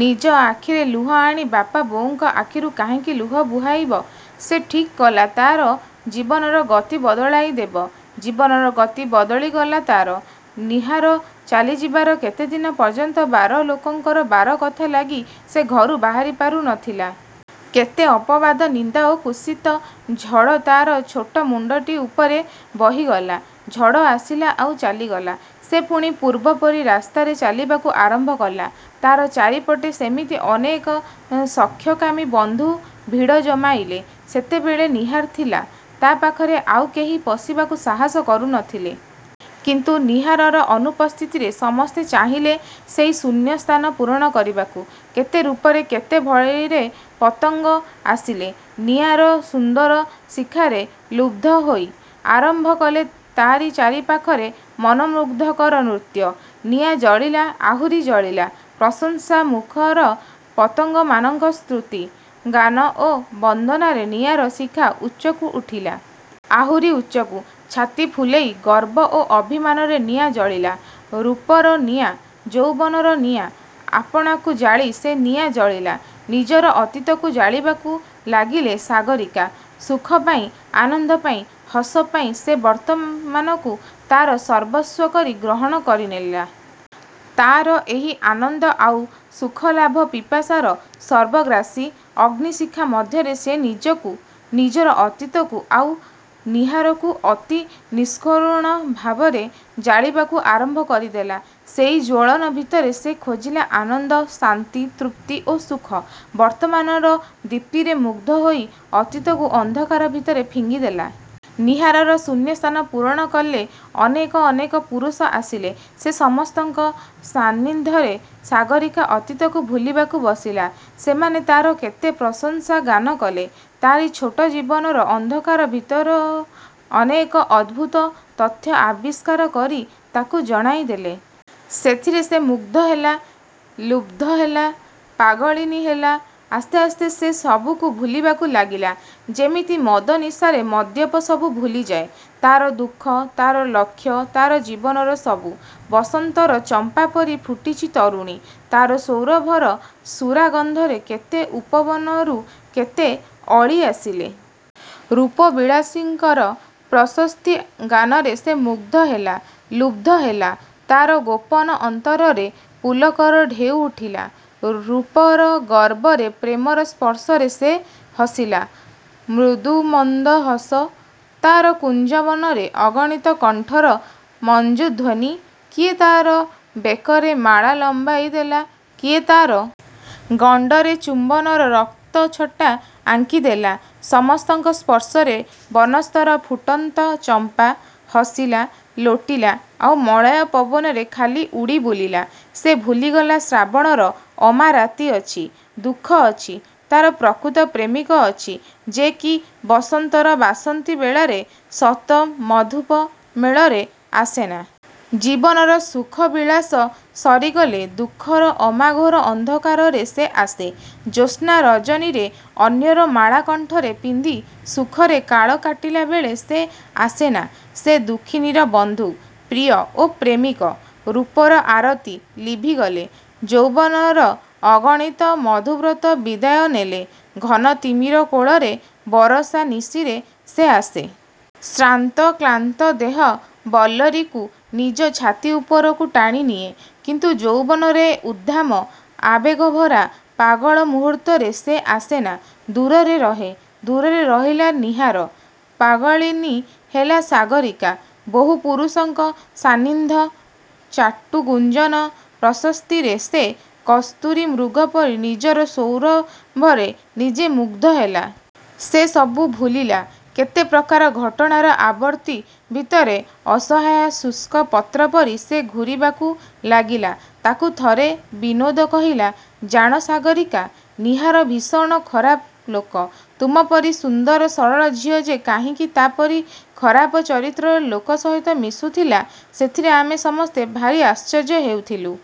ନିଜ ଆଥିରେ ଲୁହ ଆଣି ବାପା ବୋଉଙ୍କ ଆଖିରୁ କାହିଁକି ଲୁହ ବୁହାଇବ। ସେ ଠିକ୍ କଲା ତା'ର ଜୀବନର ଗତି ବଦଳାଇ ଦେବ। ଜୀବନର ଗତି ବଦଳି ଗଲା ତା'ର। ନୀହାର ଚାଲି ଯିବାର କେତେ ଦିନ ପର୍ଯ୍ୟନ୍ତ ବାର ଲୋକଙ୍କର ବାର କଥା ଲାଗି ସେ ଘରୁ ବାହାରିପାରୁ ନଥିଲା। କେତେ ଅପବାଦ ନିନ୍ଦା ଓ କୁତ୍ସିତ ଝଡ଼ ତା'ର ଛୋଟ ମୁଣ୍ତଟି ଉପରେ ବହିଗଲା। ଝଡ଼ ଆସିଲା ଆଉ ଚାଲିଗଲା। ସେ ପୁଣି ପୂର୍ବପରି ରାସ୍ତାରେ ଚାଲିବାକୁ ଆରମ୍ଭ କଲା। ତା'ର ଚାରି ପଟେ ସେମିତି ଅନେକ ସଖ୍ୟକାମୀ ବନ୍ଧୁ ଭିଡ଼ ଜମାଇଲେ। ସେତେବେଳେ ନୀହାର ଥିଲା-ତା' ପାଖରେ ଆଉ କେହି ପଶିବାକୁ ସାହସ କରୁନଥିଲେ। କିନ୍ତୁ ନୀହାରର ଅନୁପସ୍ଥିତିରେ ସମସ୍ତେ ଚାହିଁଲେ ସେଇ ଶୂନ୍ୟସ୍ଥାନ ପୂରଣ କରିବାକୁ। କେତେ ରୂପରେ କେତେ ଭଳିରେ ପତଙ୍ଗ ଆସିଲେ-ନିଆଁର ସୁନ୍ଦର ଶିଖାରେ ଲୁବ୍ଧ ହୋଇ; ଆରମ୍ଭ କଲେ ତାରି ଚାରିପାଖରେ ମନୋମୃଗ୍ଧକର ନୃତ୍ୟ। ନିଆଁ ଜଳିଲା-ଆହୁରି ଜଳିଲା। ପ୍ରଶଂସା ମୁଖର ପତଙ୍ଗମାନଙ୍କର ସ୍ତୁତି, ଗାନ ଓ ବନ୍ଦନାରେ ନିଆଁର ଶିଖା ଉଚ୍ଚକୁ ଉଠିଲା-। ଆହୁରି ଉଚ୍ଚକୁ। ଛାତି ଫୁଲେଇ, ଗର୍ବ ଓ ଅଭିମାନରେ ନିଆଁ ଜଳିଲା। ରୂପର ନିଆଁ; ଯୌବନର ନିଆଁ। ଆପଣାକୁ ଜାଳି ସେ ନିଆଁ ଜଳିଲା। ନିଜର ଅତୀତକୁ ଜାଳିବାକୁ ଲାଗିଲେ ସାଗରୀକା-। ସୁଖ ପାଇଁ, ଆନନ୍ଦ ପାଇଁ, ହସ ପାଇଁ ସେ ବର୍ତ୍ତମାନକୁ ତା'ର ସର୍ବସ୍ୱ କରି ଗ୍ରହଣ କରିନେଲା-। ତା'ର ଏହି ଆନନ୍ଦ ଆଉ ସୁଖଲାଭ ପିପାସାର ସର୍ବଗ୍ରାସୀ-ଅଗ୍ନିଶିଖା ମଧ୍ୟରେ ସେ ନିଜକୁ, ନିଜର ଅତୀତକୁ ଆଉ ନୀହାରକୁ ଅତି ନିଷ୍କରୁଣ ଭାବରେ ଜାଳିବାକୁ ଆରମ୍ଭ କରିଦେଲା। ସେଇ ଜ୍ୱଳନ ଭିତରେ ସେ ଖୋଜିଲା ଆନନ୍ଦ, ଶାନ୍ତି, ତୃପ୍ତି ଓ ସୁଖ। ବର୍ତ୍ତମାନର ଦୀପ୍ତିରେ ମୁଗ୍ଧ ହୋଇ ଅତୀତକୁ ଅନ୍ଧକାର ଭିତରେ ଫିଙ୍ଗିଦେଲା। ନୀହାରର ଶୂନ୍ୟସ୍ଥାନ ପୂରଣ କଲେ ଅନେକ। ଅନେକ ପୁରୁଷ ଆସିଲେ। ସେ ସମସ୍ତଙ୍କର ସାନ୍ନିଧ୍ୟରେ, ସାଗରୀକା ଅତୀତକୁ ଭୁଲିବାକୁ ବସିଲା। ସେମାନେ ତା'ର କେତେ ପ୍ରଶଂସା ଗାନ କଲେ; ତାରି ଛୋଟ ଜୀବନର ଅନ୍ଧକାର ଭିତରୁ କେତେ ଅଦ୍ଭୁତ ତଥ୍ୟ ଆବିଷ୍କାର କରି ତାକୁ ଜଣାଇ ଦେଲେ। ସେଥିରେ ସେ ମୁଗ୍ଧ ହେଲା-ଲୁବ୍ଧ ହେଲା-ପାଗଳିନୀ ହେଲା। ଆସ୍ତେ ଆସ୍ତେ ସେ ସବୁକୁ ଭୁଲିବାକୁ ଲାଗିଲା। ଯେମିତି ମଦ-ନିଶାରେ ମଦ୍ୟପ ସବୁ ଭୁଲିଯାଏ-ତା'ର ଦୁଃଖ, ତା'ର ଲକ୍ଷ୍ୟ ତା'ର ଜୀବନ ସବୁ। ବସନ୍ତର ଚମ୍ପା ପରି ଫୁଟିଛି ତରୁଣୀ। ତା'ର ସୌରଭର ସୁରା-ଗନ୍ଧରେ କେତେ ଉପବନରୁ କେତେ ଅଳି ଆସିଲେ। ରୂପ-ବିଳାସୀଙ୍କର ପ୍ରଶସ୍ତି ଗାନରେ ସେ ମୁଗ୍ଧ ହେଲା; ଲୁବ୍ଧ ହେଲା। ତା'ର ଗୋପନ ଅନ୍ତରରେ ପୁଲକର ଢେଉ ଉଠିଲା। ରୂପର ଗର୍ବରେ ପ୍ରେମର ସ୍ପର୍ଶରେ ସେ ହସିଲା; ମୃଦୁ-ମନ୍ଦ ହସ। ତା'ର କୁଞ୍ଜବନରେ ଅଗଣିତ କଣ୍ଠର ମଞ୍ଜୁ ଧ୍ୱନି। କିଏ ତା'ର ବେକରେ ମାଳା ଲମ୍ୱାଇ ଦେଲା-କିଏ ତା'ର। ଗଣ୍ତରେ ଚୁମ୍ୱନର ରକ୍ତଛଟା ଆଙ୍କିଦେଲା। ସମସ୍ତଙ୍କର ସ୍ପର୍ଶରେ ବସନ୍ତର ଫୁଟନ୍ତ ଚମ୍ପା, ହସିଲା, ଲୋଟିଲା ଆଉ ମଳୟ ପବନରେ ଖାଲି ଉଡ଼ି ବୁଲିଲା। ସେ ଭୁଲିଗଲା ଶ୍ରାବଣର ଅମାରାତି ଅଛି, ଦୁଃଖ ଅଛି। ତା'ର ପ୍ରକୃତ ପ୍ରେମିକ ଅଛି। ଯେ କି ବସନ୍ତର ବାସନ୍ତୀ ବେଳାରେ; ଶତ ମଧୁପ ମେଳରେ ଆସେନା। ଜୀବନର ସୁଖ ବିଳାସ ସରିଗଲେ ଦୁଃଖର ଅମାଘୋର ଅନ୍ଧକାରରେ ସେ ଆସେ। ଜ୍ୟୋତ୍ସ୍ନା ରଜନୀରେ ଅନ୍ୟର ମାଳା କଣ୍ଠରେ ପିନ୍ଧି ସୁଖରେ କାଳ କାଟିଲାବେଳେ ସେ ଆସେନା। ସେ ଦୁଃଖିନୀର ବନ୍ଧୁ, ପ୍ରିୟ ଓ ପ୍ରେମିକ। ରୂପର-ଆରତୀ ଲିଭିଗଲେ, ଯୌବନର ଅଗଣିତ ମଧୁବ୍ରତ ବିଦାୟ ନେଲେ; ଘନ-ତିମିର କୋଳରେ ବରଷା-ନିଶିରେ ସେ ଆସେ। ଶ୍ରାନ୍ତ କ୍ଳାନ୍ତ ଦେହ-ବଲ୍ଲରୀକୁ ନିଜ ଛାତି ଉପରକୁ ଟାଣିନିଏ। କିନ୍ତୁ ଯୌବନର ଏ ଉଦ୍ଦାମ ଆବେଗଭରା ପାଗଳ ମୁହୂର୍ତ୍ତରେ ସେ ଆସେନା-ଦୂରରେ ରହେ। ଦୂରରେ ରହିଲା ନୀହାର। ପାଗଳିନୀ ହେଲା ସାଗରୀକା। ବହୁ ପୁରୁଷଙ୍କର ସାନ୍ନିଧ୍ୟ, ଚାଟୁ ଗୁଞ୍ଜନ, ପ୍ରଶସ୍ତିରେ ସେ କସ୍ତୁରୀ-ମୃଗ ପରି ନିଜର ସୌରଭରେ ନିଜେ ମୁଗ୍ଧ ହେଲା। ସେ ସବୁ ଭୁଲିଲା। କେତେପ୍ରକାର ଘଟଣାର ଆବର୍ତ୍ତ ଭିତରେ ଅସହାୟ ଶୁଷ୍କ ପତ୍ର ପରି ସେ ଘୂରିବାକୁ ଲାଗିଲା। ତାକୁ ଥରେ ବିନୋଦ କହିଲା-''ଜାଣ ସାଗରୀକା! ନୀହାର ଭୀଷଣ ଖରାପ ଲୋକ। ତୁମ ପରି ସୁନ୍ଦର ସରଳ ଝିଅ ଯେ କାହିଁକି ତା'ପରି ଖରାପ ଚରିତ୍ରର ଲୋକ ସହିତ ମିଶୁଥିଲା; ଏଥିରେ ଆମେ ସମସ୍ତେ ଭାରୀ ଆଶ୍ଚର୍ଯ୍ୟ ହେଉଥିଲୁ।